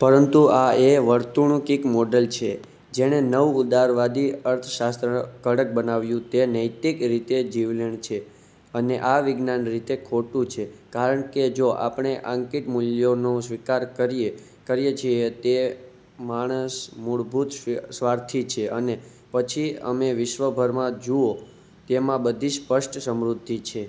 પરંતુ આ એ વર્તણૂકિક મોડેલ છે જેણે નવ ઉદારવાદી અર્થશાસ્ત્રને કડક બનાવ્યુ તે નૈતિક રીતે જીવલેણ છે. અને આ વિજ્ઞાન રીતે ખોટું છે કારણ કે જો આપણે આંકીટ મૂલ્યોનો સ્વીકાર કરીએ છીએ તે માણસ મૂળભૂત સ્વાર્થી છે અને પછી અમે વિશ્વભરમાં જુઓ તેમાં બધી સ્પષ્ટ સમૃદ્ધિ છે.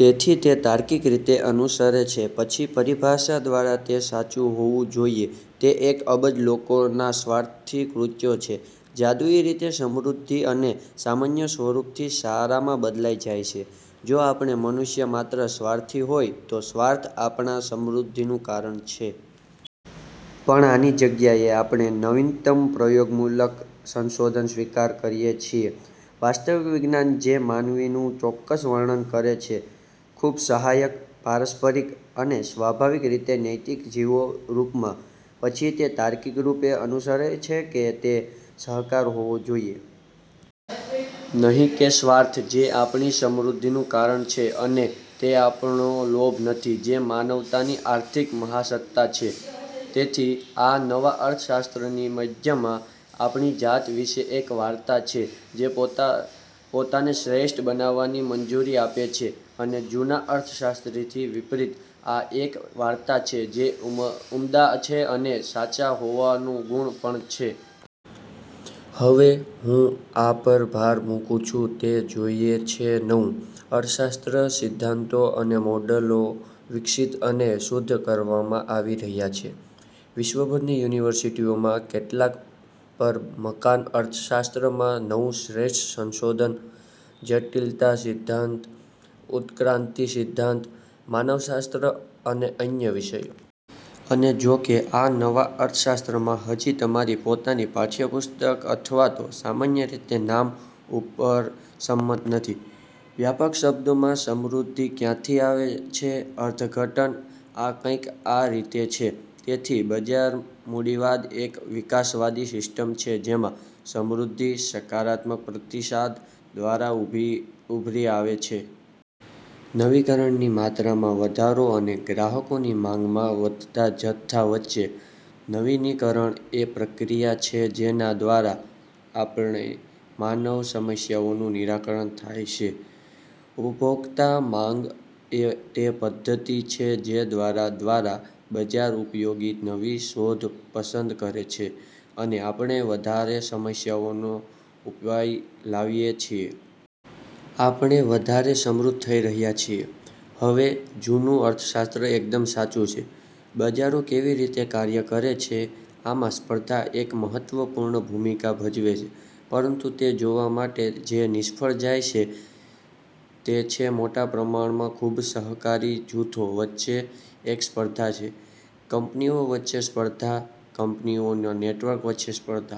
તેથી તે તાર્કિક રીતે અનુસરે છે. પછી પરીભાષા દ્વારા તે સાચું હોવું જોઈએ તે એક અબજ લોકોના સ્વાર્થી કૃત્યો છે. જાદુઈ રીતે સમૃદ્ધિ અને સામાન્ય સ્વરૂપથી સારામાં બદલાઈ જાય છે. જો આપણે મનુષ્ય માત્ર સ્વાર્થી હોય તો સ્વાર્થ આપણા સમૃદ્ધિનું કારણ છે. પણ, આની જગ્યાએ આપડે નવીનતમ પ્રયોગમૂલક સંશોધન સ્વીકાર કરીએ છીએ વાસ્તવિક વિજ્ઞાન જે માનવીનું ચોક્કસ વર્ણન કરે છે. ખૂબ સહાયક, પારસ્પરીક અને સ્વાભાવિક રીતે નૈતિક જીવો રૂપમાં. પછી તે તાર્કિક રૂપે અનુસરે છે કે તે સહકાર હોવો જોઈએ. નહી કે સ્વાર્થ જે આપણી સમૃદ્ધિનું કારણ છે અને તે આપણો લોભ નથી જે માનવતાની આર્થિક મહાસત્તા છે. તેથી, આ નવા અર્થશાસ્ત્રની મધ્યમાં આપણી જાત વિશે એક વાર્તા છે જે પોતાને શ્રેષ્ઠ બનવાની મંજૂરી આપે છે અને જૂના અર્થશાસ્ત્રથી વિપરીત આ એક વાર્તા છે જે ઉમદા છે અને સાચા હોવાનો ગુણ પણ છે. હવે, હું આ પર ભાર મૂકું છું તે જોઈએ છે નવું અર્થશાસ્ત્ર. સિદ્ધાંતો અને મોડેલો વિકસિત અને શુદ્ધ કરવામાં આવી રહ્યા છે. વિશ્વભરની યુનિવર્સિટીઓમાં કેટલાક પર મકાન અર્થશાસ્ત્રમાં નવું શ્રેષ્ઠ સંશોધન, જટિલતા સિદ્ધાંત, ઉત્ક્રાંતિ સિદ્ધાંત, માનવશાસ્ત્ર અને અન્ય વિષયો. અને જોકે આ નવા અર્થશાસ્ત્રમાં હજી તમારી પોતાની પાઠયપુસ્તક અથવાતો સામાન્ય રીતે નામ ઉપર સંમત નથી, વ્યાપક શબ્દોમાં સમૃદ્ધિ ક્યાંથી આવે છે અર્થઘટન આ કંઈક આ રીતે છે. તેથી, બજાર મૂડીવાદ એક વિકાસવાદી સિસ્ટમ છે જેમાં સમૃદ્ધિ સકારાત્મક પ્રતિસાદ દ્વારા ઉભરી આવે છે. નવીકરણની માત્રામાં વધારોઅને ગ્રાહકોની માંગના વધતા જથ્થા વચ્ચે. નવીકરણ એ પ્રક્રિયા છે જેના દ્વારા આપણે માનવ સમસ્યાઓનું નિરાકરણ થાય છે. ઉપભોક્તા માંગ એ તે પદ્ધતિ છે જે દ્વારા દ્વારા બજાર ઉપયોગી નવી શોધો પસંદ કરે છે અને આપણે વધારે સમસ્યાઓનો ઉપાય લાવીએ છીએ. આપણે વધારે સમૃદ્ધ થઈ રહ્યા છીયે. હવે, જૂનું અર્થશાસ્ત્ર એકદમ સાચૂ છે. બજારો કેવી રીતે કાર્ય કરે છે આમાં સ્પર્ધા એક મહત્વપૂર્ણ ભૂમિકા ભજવે છે પરંતુ તે જોવા માટે જે નિષ્ફળ જાય છે તે છે મોટા પ્રમાણમાં ખૂબ સહકારી જૂથો વચ્ચે એક સ્પર્ધા છે. કંપનીઓ વચ્ચે સ્પર્ધા, કંપનીઓના નેટવર્ક વચ્ચે સ્પર્ધા.